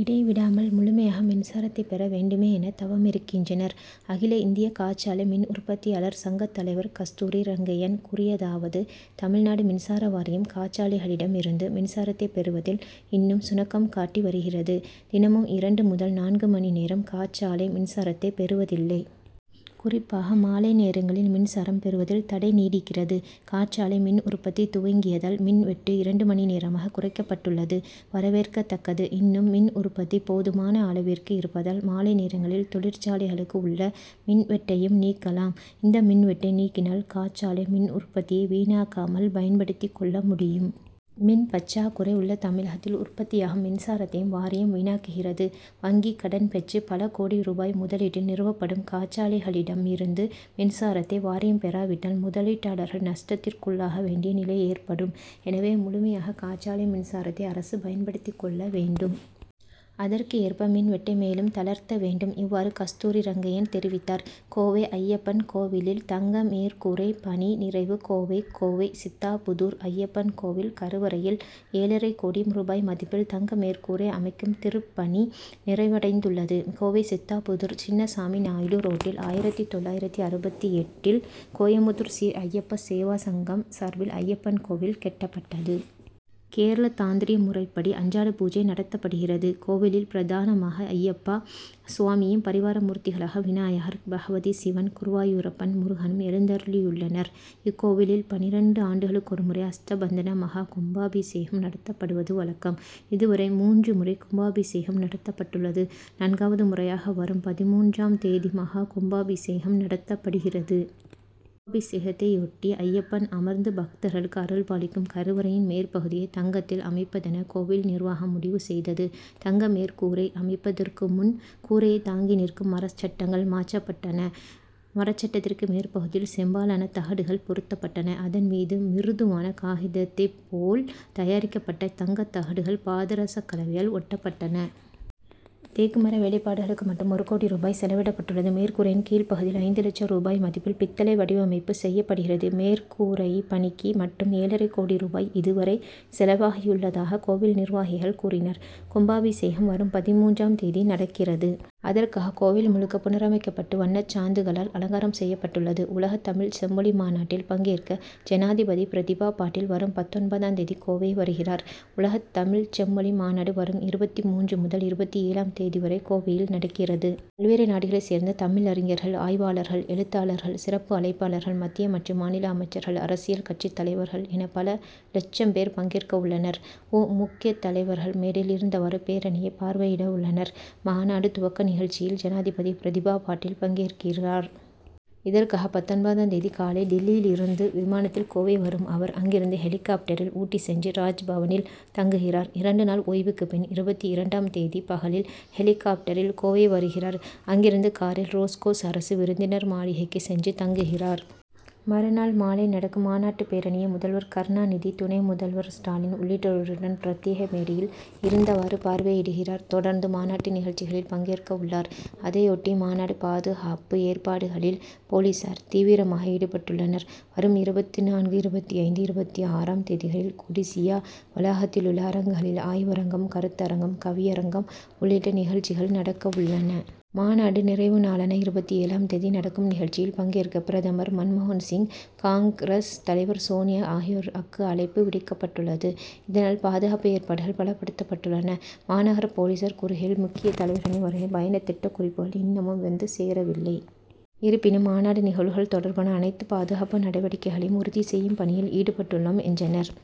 இடை விடாமல் முழுமையாக மின்சாரத்தை பெற வேண்டுமே என தவமிருக்கின்றனர். அகில இந்திய காற்றாலை மின் உற்பத்தியாளர் சங்கத் தலைவர் கஸ்தூரி ரங்கையன் கூறியதாவது தமிழ்நாடு மின்சாரவாரியம், காற்றாலைகளிடம் இருந்து மின்சாரத்தை பெறுவதில் இன்னும் சுணக்கம் காட்டி வருகிறது. தினமும் இரண்டு முதல் நான்கு மணி நேரம் காற்றாலை மின்சாரத்தை பெறுவதில்லை. குறிப்பாக மாலை நேரங்களில் மின்சாரம் பெறுவதில் தடை நீடிக்கிறது. காற்றாலை மின் உற்பத்தி துவங்கியதால், மின் வெட்டு இரண்டு மணி நேரமாக குறைக்கப்பட்டுள்ளது; வரவேற்கத்தக்ககது. இன்னும் மின் உற்பத்தி போதுமான அளவிற்கு இருப்பதால், மாலை நேரங்களில் தொழிற்சாலைகளுக்கு உள்ள மின்வெட்டையும் நீக்கலாம். இந்த மின்வெட்டை நீக்கினால், காற்றாலை மின் உற்பத்தியை வீணாக்காமல் பயன்படுத்திக்கொள்ள முடியும். மின் பற்றாக்குறை உள்ள தமிழகத்தில், உற்பத்தியாகும் மின்சாரத்தையும் வாரியம் வீணாக்குகிறது. வங்கிக் கடன்பெற்று, பல கோடி ரூபாய் முதலீட்டில் நிறுவப்படும் காற்றாலைகளிடம் இருந்து மின்சாரத்தை வாரியம் பெறாவிட்டால், முதலீட்டாளர்கள் நஷ்டத்திற்குள்ளாக வேண்டிய நிலை ஏற்படும். எனவே, முழுமையாக காற்றாலை மின்சாரத்தை அரசு பயன்படுத்திக் கொள்ள வேண்டும். அதற்கு ஏற்ப மின்வெட்டை மேலும் தளர்த்த வேண்டும். இவ்வாறு கஸ்தூரி ரங்கையன் தெரிவித்தார். கோவை அய்யப்பன் கோவிலில் தங்க மேற்கூரை பணி நிறைவு கோவை கோவை சித்தாபுதூர் அய்யப்பன் கோவில் கருவறையில், ஏழரை கோடி ரூபாய் மதிப்பில் தங்க மேற்கூரை அமைக்கும் திருப்பணி நிறைவடைந்துள்ளது. கோவை சித்தாபுதூர் சின்னசாமிநாயுடு ரோட்டில், ஆயிரத்து தொள்ளாயிரத்து அறுபத்து எட்டில் கோயமுத்தூர் ஸ்ரீ ஐயப்ப சேவா சங்கம் சார்பில், அய்யப்பன் கோவில் கட்டப்பட்டது. கேரள தாந்திரிய முறைப்படி அன்றாட பூஜை நடத்தப்படுகிறது. கோவிலில் பிரதானமாக அய்யப்ப சுவாமியும், பரிவார மூர்த்திகளாக விநாயகர், பகவதி, சிவன், குருவாயூரப்பன், முருகனும் எழுந்தருளியுள்ளனர். இக்கோவிலில், பன்னிரண்டு ஆண்டுகளுக்கொருமுறை அஷ்டபந்தன மகா கும்பாபிஷேகம் நடத்தப்படுவது வழக்கம். இதுவரை மூன்று முறை கும்பாபிஷேகம் நடத்தப்பட்டுள்ளது. நான்காவது முறையாக வரும் பதின்மூன்று ம் தேதி மகா கும்பாபிஷேகம் நடத்தப்படுகிறது. கும்பாபிஷேகத்தையொட்டி, அய்யப்பன் அமர்ந்து பக்தர்களுக்கு அருள்பாலிக்கும் கருவறையின் மேற்பகுதியை தங்கத்தில் அமைப்பதென கோவில் நிர்வாகம் முடிவு செய்தது. தங்க மேற்கூரை அமைப்பதற்கு முன், கூரையை தாங்கி நிற்கும் மரச்சட்டங்கள் மாற்றப்பட்டன. மரச்சட்டத்திற்கு மேற்பகுதியில் செம்பாலான தகடுகள் பொருத்தப்பட்டன. அதன் மீது, மிருதுவான காகிதத்தை போல தயாரிக்கப்பட்ட தங்கத்தகடுகள், பாதரசக்கலவையால் ஒட்டப்பட்டன. தேக்கு மர வேலைப்பாடுகளுக்கு மட்டும் ஒரு கோடி ரூபாய் செலவிடப்பட்டுள்ளது. மேற்கூரையின் கீழ் பகுதியில் ஐந்து லட்ச ரூபாய் மதிப்பில் பித்தளை வடிவமைப்பு செய்யப்படுகிறது. மேற்கூரைப்பணிக்கு மட்டும் ஏழரை கோடி ரூபாய் இது வரை செலவாகியுள்ளதாக கோவில் நிர்வாகிகள் கூறினர். கும்பாபிஷேகம் வரும் பதின்மூன்றாம் தேதி நடக்கிறது. அதற்காக கோவில் முழுக்க புனரமைக்கப்பட்டு, வண்ணச்சாந்துகளால் அலங்காரம் செய்யப்பட்டுள்ளது. உலகத் தமிழ்ச் செம்மொழி மாநாட்டில் பங்கேற்க, ஜனாதிபதி பிரதிபா பாட்டீல், வரும் பத்தொன்பதாம் தேதி கோவை வருகிறார். உலகத் தமிழ்ச் செம்மொழி மாநாடு, வரும் இருபத்து மூன்று முதல் இருபத்து ஏழாம் தேதி வரை கோவையில் நடக்கிறது. பல்வேறு நாடுகளைச் சேர்ந்த தமிழறிஞர்கள், ஆய்வாளர்கள், எழுத்தாளர்கள், சிறப்பு அழைப்பாளர்கள், மத்திய மற்றும் மாநில அமைச்சர்கள், அரசியல் கட்சித் தலைவர்கள் என, பல லட்சம் பேர் பங்கேற்கவுள்ளனர். உ. முக்கிய தலைவர்கள் மேடையில் இருந்தவாறு, பேரணியை பார்வையிடவுள்ளனர். மாநாடு துவக்க நிகழ்ச்சியில், ஜனாதிபதி பிரதிபா பாட்டீல் பங்கேற்கிறார். இதற்காக, பத்தொன்பதாம் தேதி காலை டில்லியில் இருந்து விமானத்தில் கோவை வரும் அவர், அங்கிருந்து ஹெலிகாப்டரில் ஊட்டி சென்று, ராஜ்பவனில் தங்குகிறார். இரண்டு நாள் ஓய்வுக்கு பின், இருபத்து இரண்டாம் தேதி பகலில் ஹெலிகாப்டரில் கோவை வருகிறார். அங்கிருந்து காரில் ரேஸ்கோர்ஸ் அரசு விருந்தினர் மாளிகைக்கு சென்று தங்குகிறார். மறுநாள் மாலை நடக்கும் மாநாட்டுப்பேரணியை, முதல்வர் கருணாநிதி, துணை முதல்வர் ஸ்டாலின் உள்ளிட்டோருடன் பிரத்யேக மேடையில் இருந்தவாறு பார்வையிடுகிறார். தொடர்ந்து, மாநாட்டு நிகழ்ச்சிகளில் பங்கேற்கவுள்ளார். அதையொட்டி, மாநாடு பாதுகாப்பு ஏற்பாடுகளில் போலீசார் தீவிரமாக ஈடுபட்டுள்ளனர். வரும் இருபத்து நான்கு, இருபத்து ஐந்து, இருபத்து ஆறாம் தேதிகளில் கொடிசியா வளாகத்திலுள்ள அரங்குகளில் ஆய்வரங்கம், கருத்தரங்கம், கவியரங்கம் உள்ளிட்ட நிகழ்ச்சிகள் நடக்கவுள்ளன. மாநாடு நிறைவு நாளான இருபத்து ஏழாம் தேதி நடக்கும் நிகழ்ச்சியில் பங்கேற்க பிரதமர் மன்மோகன் சிங், காங்கிரஸ், தலைவர் சோனியா ஆகியோருக்கு அழைப்பு விடுக்கப்பட்டுள்ளது. இதனால், பாதுகாப்பு ஏற்பாடுகள் பலப்படுத்தப்பட்டுள்ளன. மாநகர போலீசார் கூறுகையில், முக்கிய தலைவர்களின் வருகை பயண திட்டக் குறிப்புகள் இன்னமும் வந்து சேரவில்லை. இருப்பினும், மாநாடு நிகழ்வுகள் தொடர்பான அனைத்து பாதுகாப்பு நடவடிக்கைகளையும் உறுதி செய்யும் பணியில் ஈடுபட்டுள்ளோம், என்றனர்.